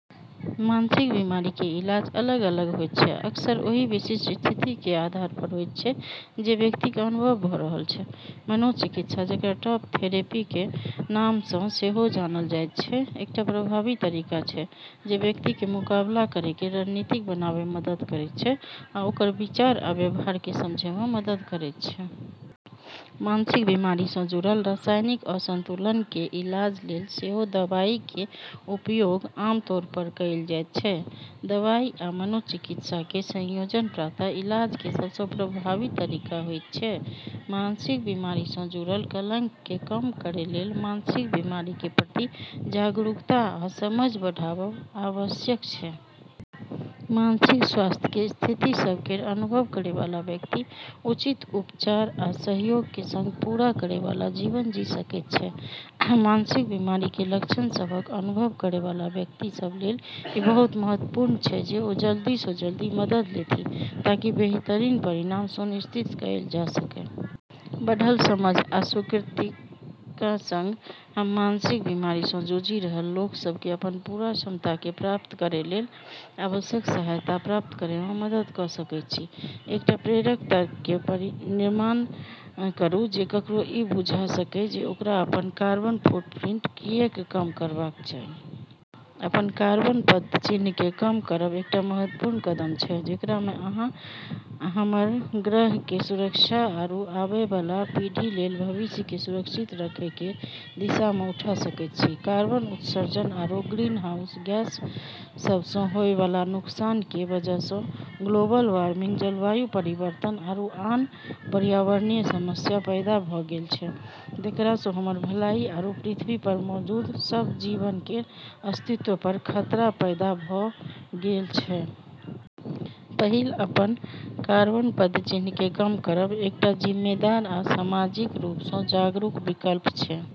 मानसिक बीमारी केर इलाज अलग-अलग होइत छै आ अक्सर ओही विशिष्ट स्थिति केर आधारपर होइत छै जे व्यक्तिक अनुभव भऽ रहल छै। मनोचिकित्सा, जेकरा टॉक थेरेपी केर नामसँ सेहो जानल जाइत छै, एकटा प्रभावी तरीका छै जे व्यक्तिकेँ मुकाबला करै केर रणनीति बनाबैमे मदद करैत छै आ ओकर विचार आ व्यवहारकेँ समझैमे मदद करैत छै। मानसिक बीमारीसँ जुड़ल रासायनिक असंतुलन केर इलाज लेल सेहो दवाई केर उपयोग आमतौरपर कएल जाइत छै। दवाई आ मनोचिकित्सा केर संयोजन प्रायः इलाज केर सबसँ प्रभावी तरीका होइत छै। मानसिक बीमारीसँ जुड़ल कलंककेँ कम करै लेल मानसिक बीमारी केर प्रति जागरूकता आ समझ बढ़ाबब आवश्यक छै। मानसिक स्वास्थ्य केर स्थितिसभ केर अनुभव करैवाला व्यक्ति उचित उपचार आ सहायता केर संग पूरा करैवाला जीवन जी सकैत छै। मानसिक बीमारी केर लक्षण सभक अनुभव करैवाला व्यक्ति सभ लेल ई बहुत महत्वपूर्ण छै जे ओ जल्दीसँ जल्दी मदद लेथि ताकि बेहतरीन परिणाम सुनिश्चित कएल जा सकए। बढ़ल समझ आ स्वीकृतिका संग, हम मानसिक बीमारीसँ जूझि रहल लोक सभकेँ अपन पूरा क्षमताकेँ प्राप्त करै लेल आवश्यक सहायता प्राप्त करैमे मदद कऽ सकैत छी। एकटा प्रेरक तर्क केर निर्माण करू जे ककरो ई बुझा सकए जे ओकरा अपन कार्बन फुटप्रिंट किऐक कम करबाक चाही। अपन कार्बन पदचिह्नकेँ कम करब एकटा महत्वपूर्ण कदम छै जेकरामे अहाँ हमर ग्रह केर सुरक्षा आरू आबैवाला पीढ़ी लेल भविष्यकेँ सुरक्षित रखै केर दिशामे उठा सकैत छी। कार्बन उत्सर्जन आरू ग्रीनहाउस गैस सभसँ होएवाला नुकसान केर वजहसँ ग्लोबल वार्मिंग, जलवायु परिवर्तन आरू आन पर्यावरणीय समस्या पैदा भऽ गेल छै जेकरासँ हमर भलाई आरू पृथ्वीपर मौजूद सब जीवन केर अस्तित्वपर खतरा पैदा भऽ गेल छै। पहिल, अपन कार्बन पदचिह्नकेँ कम करब एकटा जिम्मेदार आ सामाजिक रूपसँ जागरूक विकल्प छै।